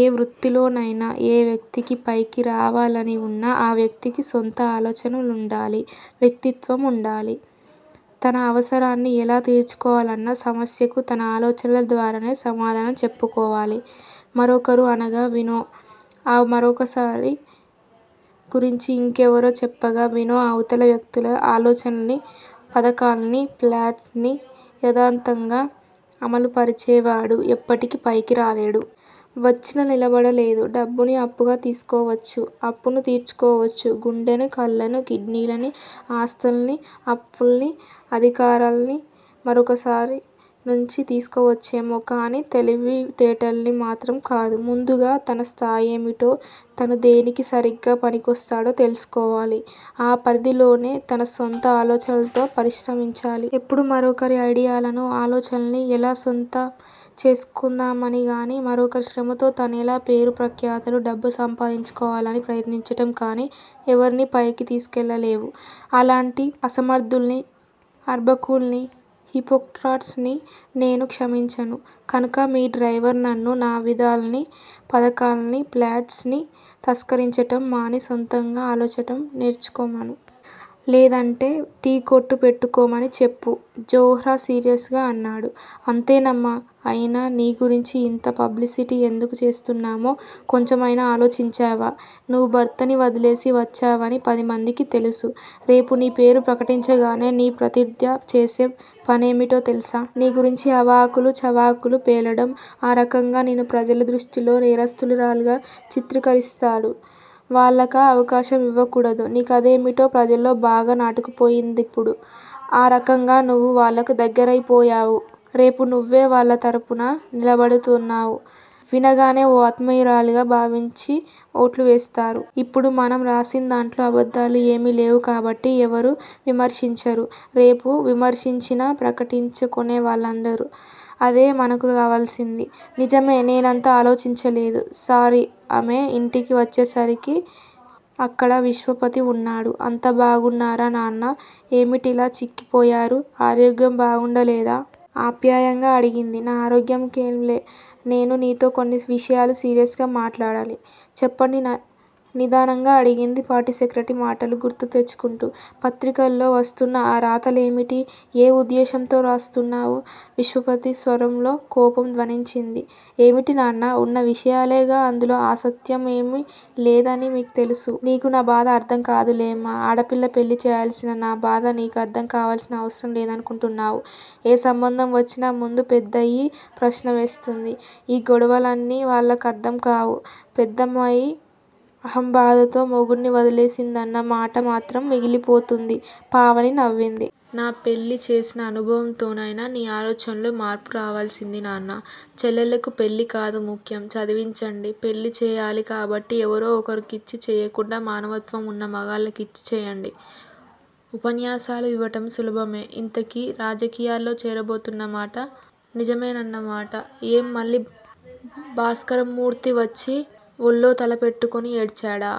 ఏ వృత్తిలోనైనా, ఏ వ్యక్తికి పైకి రావాలని ఉన్నా ఆ వ్యక్తికి సొంత ఆలోచనలుండాలి వ్యక్తిత్వముండాలి. తన అవసరాన్ని ఎలా తీర్చుకోవాలన్న సమస్యకు తన ఆలోచనల ద్వారానే సమాధానం చెప్పుకోవాలి. మరొకరు అనగా వినో, ఆ మరొకరి గురించి ఇంకెవరో చెప్పగా వినో అవతల వ్యక్తుల ఆలోచనల్ని, పథకాల్ని, ఫ్లాట్స్ ని యధాతధంగా అమలుపరిచేవాడు ఎప్పటికీ పైకి రాలేడు. వచ్చినా నిలబడలేడు. డబ్బుని అప్పుగా తీసుకోవచ్చు. అప్పుని తీర్చుకోవచ్చు. గుండెని, కళ్ళను, కిడ్నీల్ని, ఆస్తుల్ని, అప్పుల్ని, అధికారాల్ని మరొకరి నుంచి తీసుకోవచ్చేమో కాని తెలివితేటల్ని మాత్రం కాదు. ముందుగా తన స్థాయేమిటో తను దేనికి సరిగ్గా పనికొస్తాడో తెలుసుకోవాలి. ఆ పరిధిలోనే తన సొంత ఆలోచనలతో పరిశ్రమించాలి. ఎప్పుడూ మరొకరి ఐడియాలను, ఆలోచనల్ని ఎలా సొంతం చేసుకుందామనిగాని, మరొకరి శ్రమతో తనెలా పేరు ప్రఖ్యాతులు, డబ్బు సంపాదించుకోవాలని ప్రయత్నించటం కాని ఎవరినీ పైకి తీసుకెళ్ళలేవు. అలాంటి అసమర్ధుల్ని, అర్భకుల్ని, హిపోక్రాట్స్ ని నేను క్షమించను. కనుక మీ డ్రైవర్ నన్ను, నా విధానాల్ని, పధకాల్ని, ప్లాట్స్ ని తస్కరించటం మాని సొంతంగా ఆలోచించటం నేర్చుకొమ్మను. లేదంటే టీ కొట్టు పెట్టుకోమని చెప్పు జోహ్రా సీరియస్ గా అన్నాడు. అంతేనమ్మా! అయినా నీ గురించి ఇంత పబ్లిసిటీ ఎందుకు చేస్తున్నామో కొంచెమైనా ఆలోచించావా? నువ్వు భర్తని వదిలేసి వచ్చావాని పదిమందికీ తెలుసు. రేపు నీ పేరు ప్రకటించగానే నీ ప్రత్యర్ధి చేసే పనేమిటో తెలుసా? నీ గురించి అవాకులు చవాకులు పేలడం. ఆ రకంగా నిన్ను ప్రజల దృష్టిలో నేరస్థురాలిగా చిత్రీకరిస్తాడు. వాళ్ళకా అవకాశం యివ్వకూడదు. నీ కథేమిటో ప్రజల్లో బాగా నాటుకుపోయిందిప్పుడు. ఆ రకంగా నువ్వు వాళ్ళకు దగ్గరయిపోయావు. రేపు నువ్వే వాళ్ళ తరపున నిలబడబోతున్నావాని వినగానే ఓ ఆత్మీయురాలిగా భావించి ఓట్లు వేస్తారు. ఇప్పుడు మనం రాసిందాంట్లో అబద్దాలు ఏమీ లేవు కాబట్టి ఎవరూ విమర్శించరు. రేపు విమర్శించినా పట్టించుకునే వాళ్ళుండరు. అదే మనకు కావాల్సింది. నిజమే! నేనంతగా ఆలోచించలేదు. సారీ ఆమె ఇంటికి వచ్చేసరికి అక్కడ విశ్వపతి వున్నాడు. అంతా బాగున్నారా నాన్నా? ఏమిటిలా చిక్కి పోయారు? ఆరోగ్యం బాగుండలేదా? ఆప్యాయంగా అడిగింది. నా ఆరోగ్యానికేంలే నేను నీతో కొన్ని విషయాలు సీరియస్ గా మాట్లాడాలి. చెప్పండి నిదానంగా అడిగింది పార్టీ సెక్రటరీ మాటలు గుర్తు తెచ్చుకుంటూ. పత్రికల్లో వస్తున్న ఆ రాతలేమిటి? ఏ ఉద్దేశ్యంతో వ్రాస్తున్నావు? విశ్వపతి స్వరంలో కోపం ధ్వనించింది. ఏమిటి నాన్న? ఉన్న విషయాలేగా అందులో అసత్యం ఏమీ లేదనీ మీకూ తెలుసు. నీకు నా బాధ అర్ధం కాదులేమ్మా ఆడపిల్లల పెళ్ళి చేయాల్సిన నా బాధ నీకర్ధం కావాల్సిన అవసరం లేదనుకుంటున్నావు. ఏ సంబంధం వచ్చినా ముందు పెద్దమ్మాయి ప్రశ్నే వస్తుంది. ఈ గొడవలన్నీ వాళ్ళకర్ధం కావు. పెద్దమ్మాయి అహంభావంతో మొగుడ్ని వదిలేసిందన్న మాట మాత్రం మిగిలిపోతుంది. పావని నవ్వింది. నా పెళ్ళి చేసిన అనుభవంతోనైనా నీ ఆలోచనల్లో మార్పు రావాల్సింది నాన్నా! చెల్లెళ్ళకు పెళ్ళికాదు ముఖ్యం. చదివించండి. పెళ్ళి చేయాలి కాబట్టి ఎవరో ఒకరికిచ్చి చేయకుండా మానవత్వం వున్న మగాళ్ళకిచ్చి చేయండి. ఉపన్యాసాలు ఇవ్వడం సులభమే. ఇంతకీ రాజకీయాల్లో చేరబోతున్నమాట నిజమేనన్నమాట? ఏం మళ్ళీ భాస్కరరామ్మూర్తి వచ్చి ఒళ్ళో తల పెట్టుకుని ఏడ్చాడా?